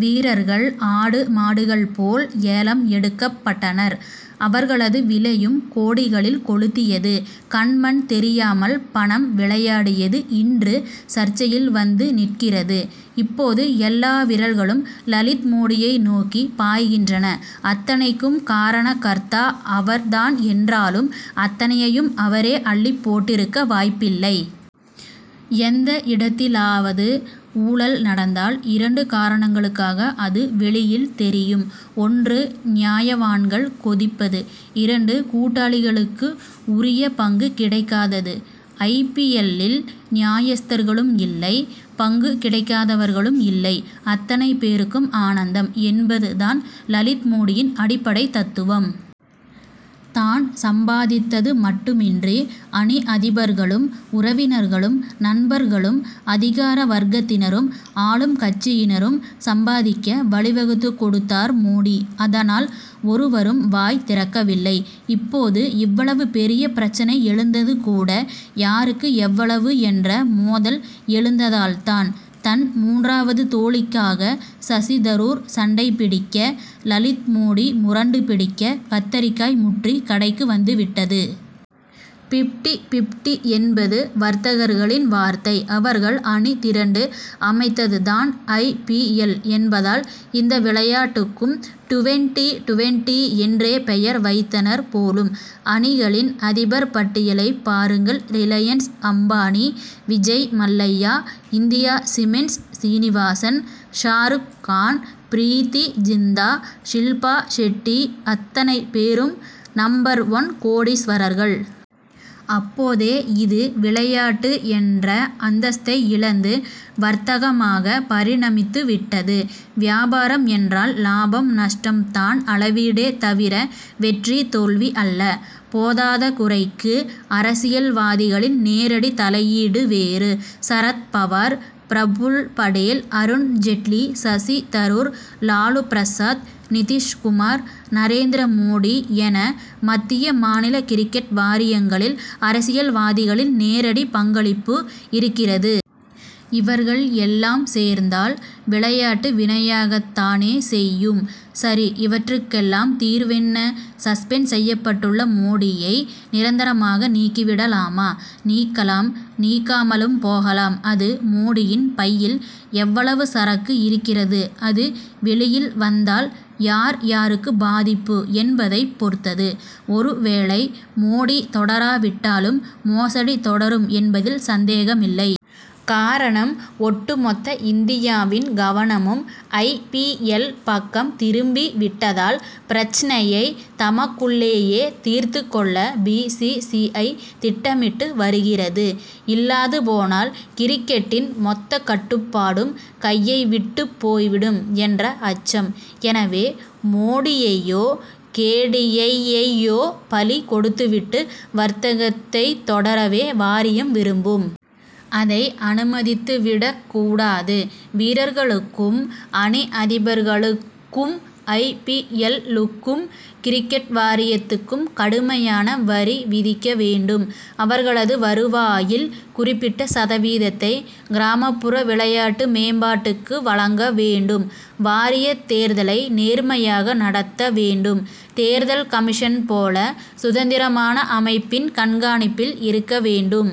வீரர்கள், ஆடு, மாடுகள் போல் ஏலம் எடுக்கப்பட்டனர். அவர்களது விலையும் கோடிகளில் கொளுத்தியது. கண், மண் தெரியாமல் பணம் விளையாடியது இன்று, சர்ச்சையில் வந்து நிற்கிறது. இப்போது எல்லா விரல்களும், லலித் மோடியை நோக்கி பாய்கின்றன. அத்தனைக்கும் காரணகர்த்தா அவர் தான் என்றாலும், அத்தனையையும் அவரே அள்ளிப் போட்டிருக்க வாய்ப்பில்லை. எந்த இடத்திலாவது ஊழல் நடந்தால், இரண்டு காரணங்களுக்காக அது வெளியில் தெரியும். ஒன்று, நியாயவான்கள் கொதிப்பது இரண்டு, கூட்டாளிகளுக்கு உரிய பங்கு கிடைக்காதது. ஐ. பி. எல்.,லில் நியாயஸ்தர்களும் இல்லை பங்கு கிடைக்காதவர்களும் இல்லை அத்தனை பேருக்கும் ஆனந்தம்' என்பது தான் லலித் மோடியின் அடிப்படை தத்துவம். தான் சம்பாதித்தது மட்டுமின்றி, அணி அதிபர்களும், உறவினர்களும், நண்பர்களும், அதிகார வர்க்கத்தினரும், ஆளும் கட்சியினரும் சம்பாதிக்க வழிவகுத்துக் கொடுத்தார் மோடி. அதனால் ஒருவரும் வாய் திறக்கவில்லை. இப்போது இவ்வளவு பெரிய பிரச்னை எழுந்தது கூட, யாருக்கு எவ்வளவு என்ற மோதல் எழுந்ததால் தான். தன் மூன்றாவது தோழிக்காக சசி தரூர் சண்டை பிடிக்க, லலித் மோடி முரண்டு பிடிக்க, கத்தரிக்காய் முற்றி கடைக்கு வந்துவிட்டது. பிப்டி பிப்டி' என்பது வர்த்தகர்களின் வார்த்தை. அவர்கள் அணி திரண்டு அமைத்தது தான் ஐ. பி. எல்., என்பதால், இந்த விளையாட்டுக்கும், டுவென்டி டுவென்டி' என்றே பெயர் வைத்தனர் போலும். அணிகளின் அதிபர் பட்டியலைப் பாருங்கள்ரிலையன்ஸ் அம்பானி, விஜய் மல்லையா, இந்தியா சிமென்ட்ஸ் சீனிவாசன், ஷாருக் கான், பிரீத்தி ஜிந்தா, ஷில்பா ஷெட்டிஅத்தனை பேரும் நம்பர் ஒன் கோடீஸ்வரர்கள். அப்போதே இது, விளையாட்டு என்ற அந்தஸ்தை இழந்து, வர்த்தகமாக பரிணமித்துவிட்டது. வியாபாரம் என்றால், லாபம் நஷ்டம் தான் அளவீடே தவிர, வெற்றி தோல்வி அல்ல. போதாதகுறைக்கு, அரசியல்வாதிகளின் நேரடி தலையீடு வேறு. சரத் பவார், பிரபுல் படேல், அருண் ஜெட்லி, சசி தரூர், லாலு பிரசாத், நிதிஷ் குமார், நரேந்திர மோடி என, மத்திய, மாநில கிரிக்கெட் வாரியங்களில், அரசியல்வாதிகளின் நேரடி பங்களிப்பு இருக்கிறது. இவர்கள் எல்லாம் சேர்ந்தால், விளையாட்டு வினையாகத் தானே செய்யும்! சரி, இவற்றுக்கெல்லாம் தீர்வென்ன? சஸ்பெண்ட் செய்யப்பட்டுள்ள மோடியை நிரந்தரமாக நீக்கிவிடலாமா? நீக்கலாம் நீக்காமலும் போகலாம். அது, மோடியின் பையில் எவ்வளவு சரக்கு இருக்கிறது அது வெளியில் வந்தால் யார் யாருக்கு பாதிப்பு என்பதைப் பொறுத்தது. ஒருவேளை மோடி தொடராவிட்டாலும், மோசடி தொடரும் என்பதில் சந்தேகமில்லை. காரணம், ஒட்டுமொத்த இந்தியாவின் கவனமும் ஐ. பி. எல்., பக்கம் திரும்பிவிட்டதால், பிரச்னையை தமக்குள்ளேயே, தீர்த்துக்கொள்ள' பி. சி. சி. ஐ., திட்டமிட்டு வருகிறது. இல்லாது போனால், கிரிக்கெட்டின் மொத்த கட்டுப்பாடும், கையை விட்டுப் போய்விடும் என்ற அச்சம். எனவே, மோடியையோ, கேடியையையோ பலி கொடுத்துவிட்டு, வர்த்தகத்தைத் தொடரவே வாரியம் விரும்பும். அதை அனுமதித்துவிடக் கூடாது. வீரர்களுக்கும், அணி அதிபர்களுக் கும், ஐ. பி. எல்.,லுக்கும், கிரிக்கெட் வாரியத்துக்கும் கடுமையான வரி விதிக்க வேண்டும். அவர்களது வருவாயில் குறிப்பிட்ட சதவீதத்தை கிராமப்புற விளையாட்டு மேம்பாட்டுக்கு வழங்க வேண்டும். வாரியத் தேர்தலை நேர்மையாக நடத்த வேண்டும். தேர்தல் கமிஷன் போல, சுதந்திரமான அமைப்பின் கண்காணிப்பில் இருக்க வேண்டும்.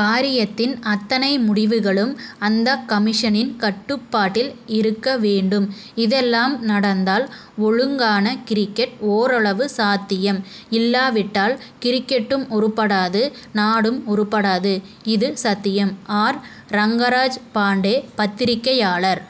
வாரியத்தின் அத்தனை முடிவுகளும், அந்தக் கமிஷனின் கட்டுப்பாட்டில் இருக்க வேண்டும். இதெல்லாம் நடந்தால், ஒழுங்கான கிரிக்கெட், ஓரளவு சாத்தியம். இல்லாவிட்டால் கிரிக்கெட்டும் உருப்படாது நாடும் உருப்படாது. இது சத்தியம்! ஆர். ரங்கராஜ் பாண்டே பத்திரிகையாளர்